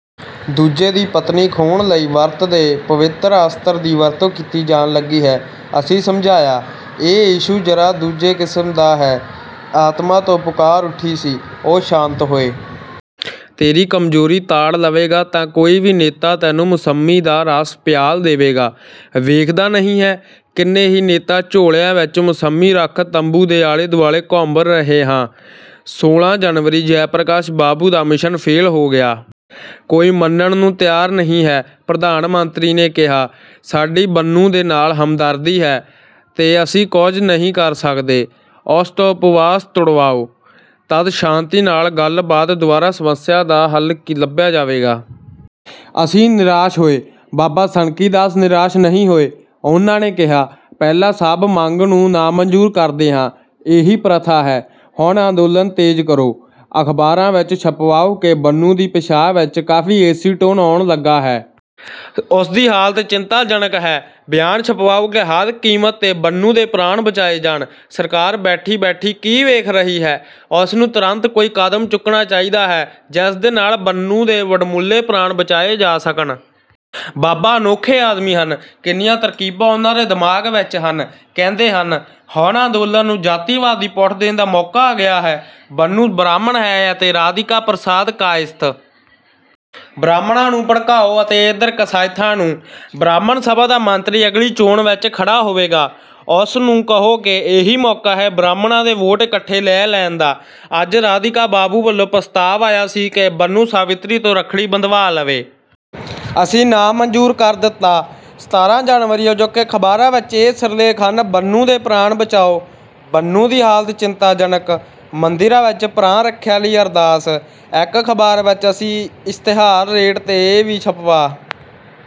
ਦੂਜੇ ਦੀ ਪਤਨੀ ਖੋਹਣ ਲਈ ਵਰਤ ਦੇ ਪਵਿਤਰ ਅਸਤਰ ਦੀ ਵਰਤੋਂ ਕੀਤੀ ਜਾਣ ਲੱਗੀ ਹੈ। " ਅਸੀਂ ਸਮਝਾਇਆ, "ਇਹ ਇਸ਼ੂ ਜਰਾ ਦੂਜੇ ਕਿਸਮ ਦਾ ਹੈ। ਆਤਮਾ ਤੋਂ ਪੁਕਾਰ ਉੱਠੀ ਸੀ। " ਉਹ ਸ਼ਾਂਤ ਹੋਏ। ਤੇਰੀ ਕਮਜੋਰੀ ਤਾੜ ਲਵੇਗਾ ਤਾਂ ਕੋਈ ਵੀ ਨੇਤਾ ਤੈਨੂੰ ਮੁਸੰਮੀ ਦਾ ਰਸ ਪਿਆਲ ਦੇਵੇਗਾ। ਵੇਖਦਾ ਨਹੀਂ ਹੈ, ਕਿੰਨੇ ਹੀ ਨੇਤਾ ਝੋਲਿਆਂ ਵਿੱਚ ਮੁਸੰਮੀ ਰੱਖ ਤੰਬੂ ਦੇ ਆਲੇ-ਦੁਆਲੇ ਘੁੰਮ ਰਹੇ ਹਾਂ। ਸੋਲ੍ਹਾਂ ਜਨਵਰੀ ਜੈਪ੍ਰਕਾਸ਼ ਬਾਬੂ ਦਾ ਮਿਸ਼ਨ ਫੇਲ ਹੋ ਗਿਆ। ਕੋਈ ਮੰਨਣ ਨੂੰ ਤਿਆਰ ਨਹੀਂ ਹੈ। ਪ੍ਰਧਾਨ ਮੰਤਰੀ ਨੇ ਕਿਹਾ, "ਸਾਡੀ ਬੰਨੂ ਦੇ ਨਾਲ ਹਮਦਰਦੀ ਹੈ, ਤੇ ਅਸੀਂ ਕੁੱਝ ਨਹੀਂ ਕਰ ਸਕਦੇ। ਉਸ ਤੋਂ ਉਪਵਾਸ ਤੁੜਵਾਓ, ਤੱਦ ਸ਼ਾਂਤੀ ਨਾਲ ਗੱਲ ਬਾਤ ਦੁਆਰਾ ਸਮੱਸਿਆ ਦਾ ਹੱਲ ਲਭਿਆ ਜਾਵੇਗਾ। ਅਸੀਂ ਨਿਰਾਸ਼ ਹੋਏ, ਬਾਬਾ ਸਨਕੀਦਾਸ ਨਿਰਾਸ਼ ਨਹੀਂ ਹੋਏ। ਉਨ੍ਹਾਂ ਨੇ ਕਿਹਾ, "ਪਹਿਲਾਂ ਸਭ ਮੰਗ ਨੂੰ ਨਾਮੰਜੂਰ ਕਰਦੇ ਹਾਂ। ਇਹੀ ਪ੍ਰਥਾ ਹੈ। ਹੁਣ ਅੰਦੋਲਨ ਤੇਜ ਕਰੋ। ਅਖਬਾਰਾਂ ਵਿੱਚ ਛਪਵਾਓ ਕਿ ਬੰਨੂ ਦੀ ਪੇਸ਼ਾਬ ਵਿੱਚ ਕਾਫ਼ੀ ਏਸੀਟੋਨ ਆਉਣ ਲੱਗਾ ਹੈ। ਉਸਦੀ ਹਾਲਤ ਚਿੰਤਾਜਨਕ ਹੈ। ਬਿਆਨ ਛਪਵਾਓ ਕਿ ਹਰ ਕੀਮਤ ਤੇ ਬੰਨੂ ਦੇ ਪ੍ਰਾਣ ਬਚਾਏ ਜਾਣ। ਸਰਕਾਰ ਬੈਠੀ -ਬੈਠੀ ਕੀ ਵੇਖ ਰਹੀ ਹੈ? ਉਸਨੂੰ ਤੁਰੰਤ ਕੋਈ ਕਦਮ ਚੁੱਕਣਾ ਚਾਹੀਦਾ ਹੈ ਜਿਸਦੇ ਨਾਲ ਬੰਨੂ ਦੇ ਵਡਮੁੱਲੇ ਪ੍ਰਾਣ ਬਚਾਏ ਜਾ ਸਕਣ। " ਬਾਬਾ ਅਨੋਖੇ ਆਦਮੀ ਹਨ। ਕਿੰਨੀਆਂ ਤਰਕੀਬਾਂ ਉਨ੍ਹਾਂ ਦੇ ਦਿਮਾਗ ਵਿੱਚ ਹਨ। ਕਹਿੰਦੇ ਹਨ, "ਹੁਣ ਅੰਦੋਲਨ ਨੂੰ ਜਾਤੀਵਾਦ ਦੀ ਪੁਠ ਦੇਣ ਦਾ ਮੌਕਾ ਆ ਗਿਆ ਹੈ। ਬੰਨੂ ਬਰਾਹਮਣ ਹੈ ਅਤੇ ਰਾਧੀਕਾ ਪ੍ਰਸਾਦ ਕਾਇਸਥ। ਬਰਾਹਮਣਾ ਨੂੰ ਭੜਕਾਓ ਅਤੇ ਏਧਰ ਕਾਇਸਥਾਂ ਨੂੰ। ਬਰਾਹਮਣ ਸਭਾ ਦਾ ਮੰਤਰੀ ਅਗਲੀ ਚੋਣ ਵਿੱਚ ਖੜਾ ਹੋਵੇਗਾ। ਉਸਨੂੰ ਕਹੋ ਕਿ ਇਹੀ ਮੌਕਾ ਹੈ ਬਰਾਹਮਣਾ ਦੇ ਵੋਟ ਇੱਕਠੇ ਲੈ ਲੈਣ ਦਾ। ਅੱਜ ਰਾਧੀਕਾ ਬਾਬੂ ਵੱਲੋਂ ਪ੍ਰਸਤਾਵ ਆਇਆ ਸੀ ਕਿ ਬੰਨੂ ਸਾਵਿਤਰੀ ਤੋਂ ਰੱਖੜੀ ਬੰਧਵਾ ਲਵੇ। ਅਸੀਂ ਨਾਮੰਜੂਰ ਕਰ ਦਿੱਤਾ। ਸਤਾਰ੍ਹਾਂ ਜਨਵਰੀ ਅਜੋਕੇ ਅਖਬਾਰਾਂ ਵਿੱਚ ਇਹ ਸਿਰਲੇਖ ਹਨ ਬੰਨੂ ਦੇ ਪ੍ਰਾਣ ਬਚਾਓ! ਬੰਨੂ ਦੀ ਹਾਲਤ ਚਿੰਤਾਜਨਕ! ਮੰਦਿਰਾਂ ਵਿੱਚ ਪ੍ਰਾਣ- ਰੱਖਿਆ ਲਈ ਅਰਦਾਸ! ਇੱਕ ਅਖ਼ਬਾਰ ਵਿੱਚ ਅਸੀਂ ਇਸ਼ਤਿਹਾਰ ਰੇਟ ਤੇ ਇਹ ਵੀ ਛਪਵਾ